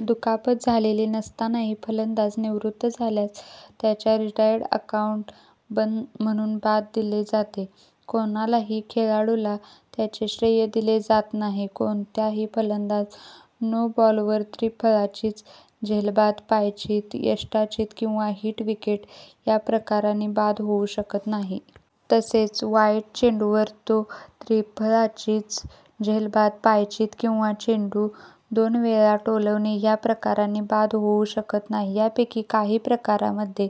दुखापत झालेली नसतानाही फलंदाज निवृत्त झाल्यास त्याला रिटायर्ड आऊट म्हणून बाद दिले जाते; कोणाही खेळाडूला ह्याचे श्रेय दिले जात नाही. कोणताही फलंदाज नो बॉल वर त्रिफळाचीत, झेलबाद, पायचीत, यष्टिचीत किंवा हिट विकेट ह्या प्रकारांनी बाद होऊ शकत नाही. तसेच वाईड चेंडूवर तो त्रिफळाचीत, झेलबाद, पायचीत, किंवा चेंडू दोन वेळा टोलावणे ह्या प्रकारांनी बाद होवू शकत नाही. यापैकी काही प्रकारांमध्ये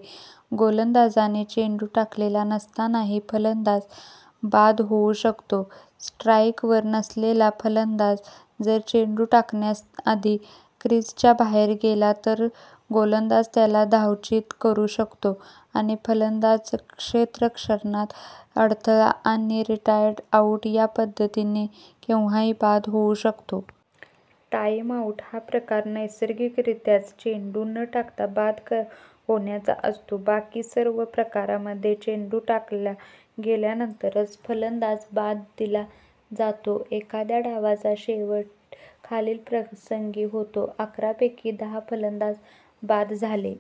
गोलंदाजाने चेंडू टाकलेला नसतानाही फलंदाज बाद होऊ शकतो. स्ट्राईकवर नसलेला फलंदाज जर चेंडू टाकण्याआधी क्रिजच्या बाहेर गेला तर, गोलंदाज त्याला धावचीत करू शकतो, आणि फलंदाज क्षेत्ररक्षणात अडथळा आणि रिटायर्ड आऊट या पद्धतीने केव्हाही बाद होऊ शकतो. टाईम्ड आऊट हा प्रकार नैसर्गिगरीत्याच चेंडू न टाकता बाद होण्याचा असतो. बाकी सर्व प्रकारांमध्ये चेंडू टाकला गेल्यानंतरच फलंदाज बाद दिला जातो. एखाद्या डावाचा शेवट खालील प्रसंगी होतो: अकरा पैकी दहा फलंदाज बाद झाले;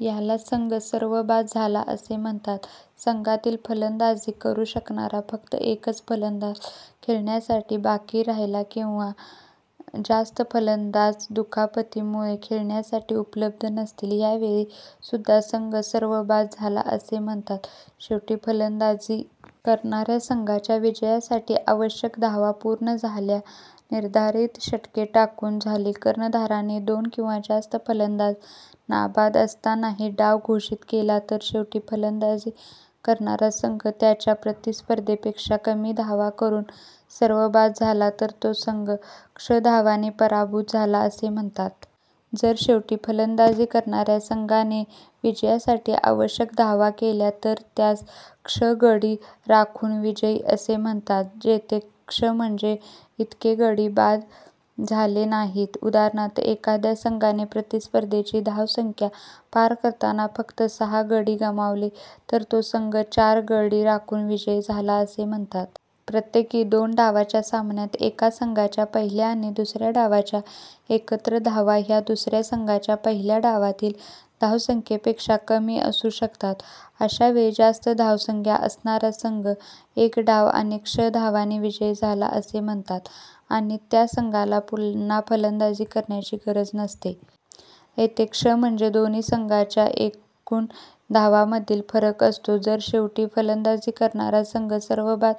ह्याला संघ "सर्वबाद" झाला असे म्हणतात संघातील फलंदाजी करू शकणारा फक्त एकच फलंदाज खेळण्यासाठी बाकी राहिला, एक किंवा जास्त फलंदाज दुखापतीमुळे खेळण्यासाठी उपलब्ध नसतील; ह्यावेळी सुद्धा, संघ "सर्वबाद" झाला असे म्हणतात शेवटी फलंदाजी करणाऱ्या संघाच्या विजयासाठी आवश्यक धावा पूर्ण झाल्या निर्धारित षटके टाकून झाली कर्णधाराने दोन किंवा जास्त फलंदाज नाबाद असतानाही डाव घोषित केला जर शेवटी फलंदाजी करणारा संघ त्यांच्या प्रतिस्पर्ध्यापेक्षा कमी धावा करून सर्वबाद झाला, तर तो संघ " क्ष धावांनी पराभूत" झाला असे म्हणतात.. जर शेवटी फलंदाजी करणाऱ्या संघाने विजयासाठी आवश्यक धावा केल्या, तर त्यास " क्ष गडी राखून विजयी" असे म्हणतात, जेथे क्ष म्हणजे इतके गडी बाद झाले नाहीत. उदाहरणार्थ, एखाद्या संघाने प्रतिस्पर्ध्याची धावसंख्या पार करताना फक्त सहा गडी गमावले तर तो संघ "चार गडी राखून विजयी" झाला असे म्हणतात. प्रत्येकी दोन डावांच्या सामन्यात, एका संघाच्या पहिल्या आणि दुसऱ्या डावाच्या एकत्र धावा ह्या, दुसऱ्या संघाच्या पहिल्या डावातील धावसंख्येपेक्षा कमी असून शकतात. अशा वेळी जास्त धावसंख्या असणारा संघ एक डाव आणि क्ष धावांनी विजयी झाला असे म्हणतात, आणि त्या संघाला पुन्हा फलंदाजी करण्याची गरज नसते. येथे क्ष म्हणजे दोन्ही संघांच्या एकून धावांमधील फरक असतो. जर शेवटी फलंदाजी करणारा संघ सर्वबाद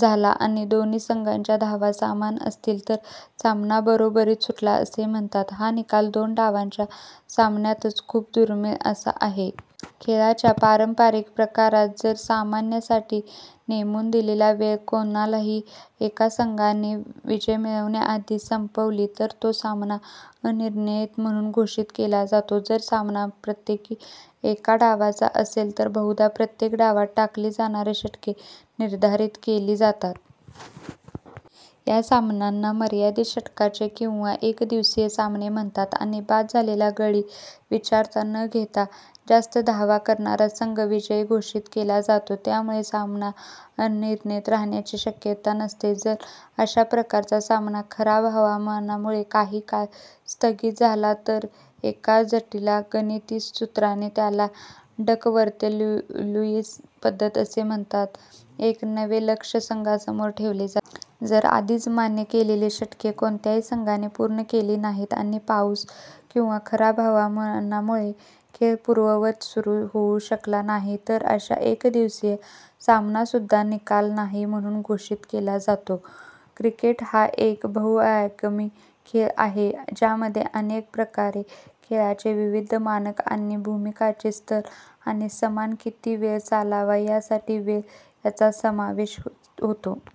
झाला, आणि दोन्ही संघांच्या धावा समान असतील, तर सामना बरोबरीत सुटला असे म्हणतात; हा निकाल दोन डावांच्या सामन्यात खूपच दूर्मिळ असा आहे. खेळाच्या पारंपारिक प्रकारात, जर सामन्यासाठी नेमून दिलेली वेळ कोणत्याही एका संघाने विजय मिळविण्याआधी संपली तर तो सामना अनिर्णित म्हणून घोषित केला जातो. जर सामना प्रत्येकी एका डावाचा असेल, तर बहुधा प्रत्येक डावात टाकली जाणारी षटके निर्धारित केली जातात. ह्या सामन्यांना "मर्यादित षटकांचे" किंवा "एकदिवसीय" सामने म्हणतात, आणि बाद झालेले गडी विचारात न घेता, जास्त धावा करणारा संघ विजयी घोषित केला जातो, त्यामुळे सामना अनिर्णित राहण्याची शक्यता नसते. जर अशा प्रकारचा सामना खराब हावामानामुळे काही काळ स्थगित झाला तर एका जटिल गणिती सूत्राने, ज्याला डकवर्थ-लुईस पद्धत असे म्हणतात, एक नवे लक्ष्य संघासमोर ठेवले जाते. जर आधीच मान्य केलेली षटके कोणत्याही संघाने पूर्ण केली नाहीत, आणि पाऊस किंवा खराब हवामानामुळे खेळ पूर्ववत सुरू होऊ शकला नाही तर असा एकदिवसीय सामनासुद्धा "निकाल नाही" म्हणून घोषित केला जाऊ शकतो. क्रिकेट हा एक बहुआयामी खेळ आहे, ज्यामध्ये अनेक प्रकार, खेळाचे विविध मानक आणि भूमिकांचे स्तर आणि सामना किती वेळ चालावा यासाठीची वेळ ह्यांचा समावेश होतो.